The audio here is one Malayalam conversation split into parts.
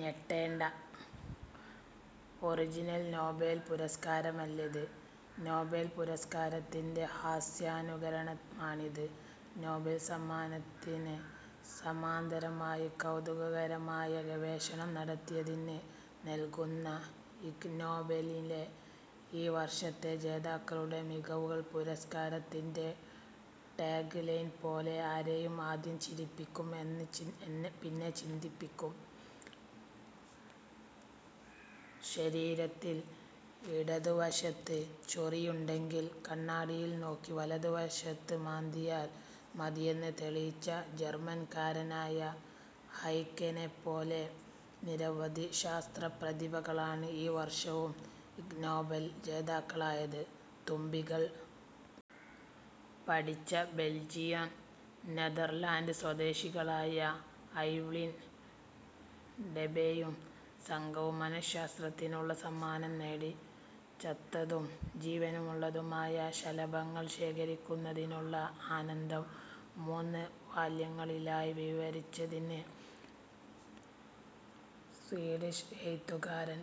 ഞെട്ടേണ്ട, ഒറിജിനൽ നൊബേൽ പുരസ്കാരമല്ലിത്. നൊബേൽ പുരസ്കാരത്തിന്റെ ഹാസ്യാനുകരണമാണിത്. നൊബേൽ സമ്മാനത്തിന് സമാന്തരമായി കൗതുകകരമായ ഗവേഷണം നടത്തിയതിന് നൽകുന്ന ഇഗ് നൊബേലിലെ ഈ വർഷത്തെ ജേതാക്കളുടെ മികവുകൾ പുരസ്കാരത്തിന്റെ ടാഗ് ലൈൻ പോലെ ആരെയും ആദ്യം ചിരിപ്പിക്കും എന്ന പിന്നെ ചിന്തിപ്പിക്കും. ശരീരത്തിൽ ഇടതുവശത്ത് ചൊറിയുണ്ടെങ്കിൽ കണ്ണാടിയിൽ നോക്കി വലതുവശത്ത് മാന്തിയാൽ മതിയെന്ന് തെളിയിച്ച ജർമൻകാരനായ ഹെഖെനെപ്പോലെ നിരവധി ശാസ്ത്ര പ്രതിഭകളാണ് ഈ വർഷവും ഇഗ് നൊബേൽ ജേതാക്കളായത്. തുമ്പികൾ പഠിച്ച ബെൽജിയം നെതർലാൻഡ് സ്വദേശികളായ എവ്ലിൻ ഡെബേയും സംഘവും മനശ്ശാസ്ത്രത്തിനുള്ള സമ്മാനം നേടി. ചത്തതും ജീവനുള്ളതുമായ ശലഭങ്ങൾ ശേഖരിക്കുന്നതിലുള്ള ആനന്ദം മൂന്ന് വാല്യങ്ങളിലായി വിവരിച്ചതിന് സ്വീഡിഷ് എഴുത്തുകാരൻ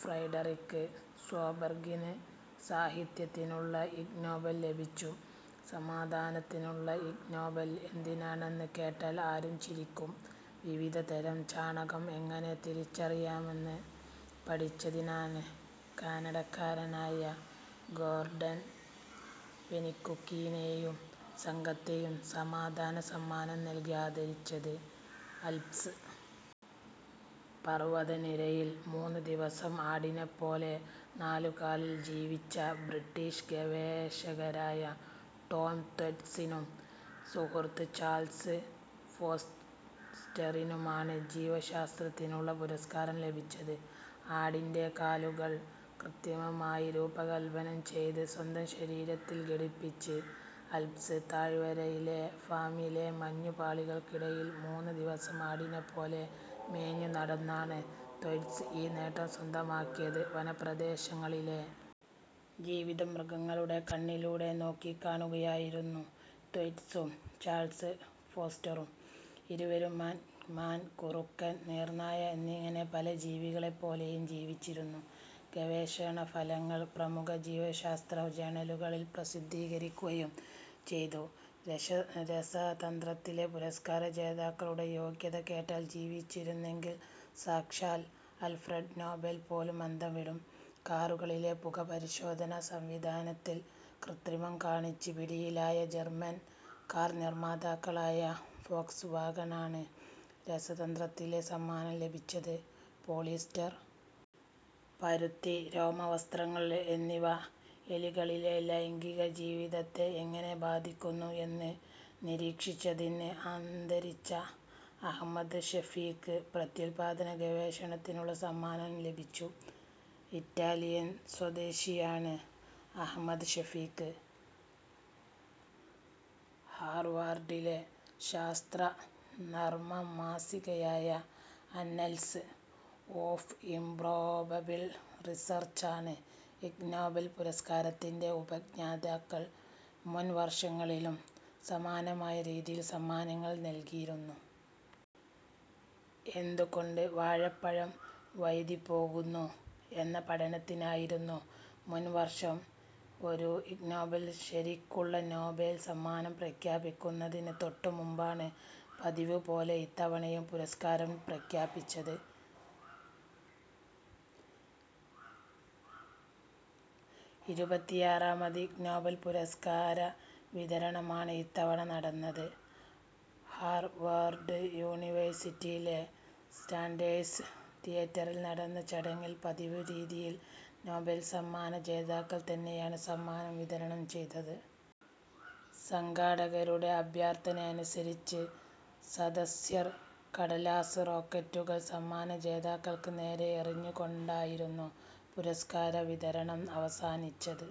ഫ്രെഡറിക് സ്വോബർഗിന് സാഹിത്യത്തിനുള്ള ഇഗ് നൊബേൽ ലഭിച്ചു. സമാധാനത്തിനുള്ള ഇഗ് നൊബേൽ എന്തിനാണെന്ന് കേട്ടാൽ ആരും ചിരിക്കും. വിവിധതരം ചാണകം എങ്ങനെ തിരിച്ചറിയാമെന്ന് പഠിച്ചതിനാണ് കാനഡക്കാരനായ ഗോർഡൻ പെനികുക്കിനെയും സംഘത്തെയും സമാധാന സമ്മാനം നൽകി ആദരിച്ചത്. ആൽപ്സ് പർവതനിരയിൽ മൂന്ന് ദിവസം ആടിനെപ്പോലെ നാലുകാലിൽ ജീവിച്ച ബ്രിട്ടിഷ് ഗവേഷകരായ ടോം ത്വൈറ്റ്സിനും സുഹൃത്ത് ചാൾസ് ഫോസ്റ്ററിനുമാണ് ജീവശാസ്ത്രത്തിനുള്ള പുരസ്കാരം ലഭിച്ചത്. ആടിന്റെ കാലുകൾ കൃത്രിമമായി രൂപകൽപ്പന ചെയ്ത് സ്വന്തം ശരീരത്തിൽ ഘടിപ്പിച്ച് ആൽപ്സ് താഴ്വരയിലെ ഫാമിലെ മഞ്ഞുപാളികൾക്കിടയിൽ മൂന്ന് ദിവസം ആടിനെപ്പോലെ മേഞ്ഞുനടന്നാണ് ത്വൈറ്റ്സ് ഈ നേട്ടം സ്വന്തമാക്കിയത്. വനപ്രദേശങ്ങളിലെ ജീവിതം മൃഗങ്ങളുടെ കണ്ണിലൂടെ നോക്കിക്കാണുകയായിരുന്നു ത്വൈറ്റ്സും ചാൾസ് ഫോസ്റ്ററും. ഇരുവരും മാൻ മാൻ കുറുക്കൻ നീർനായ എന്നിങ്ങനെ പല ജീവികളെപ്പോലെയും ജീവിച്ചിരുന്നു. ഗവേഷണഫലങ്ങൾ പ്രമുഖ ജീവശാസ്ത്ര ജേണലുകളിൽ പ്രസിദ്ധീകരിക്കുകയും ചെയ്തു.രശ രസതന്ത്രത്തിലെ പുരസ്കാര ജേതാക്കളുടെ യോഗ്യത കേട്ടാൽ ജീവിച്ചിരുന്നെങ്കിൽ സാക്ഷാൽ ആൽഫ്രഡ് നൊബേൽ പോലും അന്തംവിടും. കാറുകളിലെ പുകപരിശോധനാ സംവിധാനത്തിൽ കൃത്രിമം കാണിച്ച് പിടിയിലായ ജർമൻ കാർ നിർമാതാക്കളായ ഫോക്സ് വാഗണാണ് രസതന്ത്രത്തിലെ സമ്മാനം ലഭിച്ചത്. പോളിയസ്റ്റർ പരുത്തി രോമവസ്ത്രങ്ങൾ എന്നിവ എലികളിലെ ലൈംഗികജീവിതത്തെ എങ്ങനെ ബാധിക്കുന്നു എന്ന് നിരീക്ഷിച്ചതിന് ആന്തരിച്ച അഹ്മദ് ഷഫീഖിന് പ്രത്യുൽപാദന ഗവേഷണത്തിനുള്ള സമ്മാനം ലഭിച്ചു. ഇറ്റാലിയൻ സ്വദേശിയാണ് അഹ്മദ് ഷഫീഖ്. ഹാർവാർഡിലെ ശാസ്ത്രനർമ്മ മാസികയായ ആന്നൽസ് ഓഫ് ഇംപ്രോബബിൾ റിസർച്ചാണ് ഇഗ് നൊബേൽ പുരസ്കാരത്തിന്റെ ഉപജ്ഞാതാക്കൾ. മുൻവർഷങ്ങളിലും സമാനമായ രീതിയിൽ സമ്മാനങ്ങൾ നൽകിയിരുന്നു. എന്തുകൊണ്ട് വാഴപ്പഴം വഴുതിപ്പോകുന്നു എന്ന പഠനത്തിനായിരുന്നു മുൻവർഷം ഒരു ഇഗ് നൊബേൽ. ശരിക്കുള്ള നൊബേൽ സമ്മാനം പ്രഖ്യാപിക്കുന്നതിന് തൊട്ടുമുമ്പാണ് പതിവുപോലെ ഇത്തവണയും പുരസ്കാരം പ്രഖ്യാപിച്ചത്. ഇരുപത്തിയാറാമത് ഇഗ് നൊബേൽ പുരസ്കാര വിതരണമാണ് ഇത്തവണ നടന്നത്. ഹാർവാർഡ് യൂണിവേഴ്സിറ്റിയിലെ സാൻഡേഴ്സ് തിയേറ്ററിൽ നടന്ന ചടങ്ങിൽ പതിവുരീതിയിൽ നൊബേൽ സമ്മാന ജേതാക്കൾ തന്നെയാണ് സമ്മാനം വിതരണം ചെയ്തത്. സംഘാടകരുടെ അഭ്യർഥനയനുസരിച്ച് സദസ്യർ കടലാസ് റോക്കറ്റുകൾ സമ്മാന ജേതാക്കൾക്ക് നേരെ എറിഞ്ഞുകൊണ്ടായിരുന്നു പുരസ്കാര വിതരണം അവസാനിച്ചത്.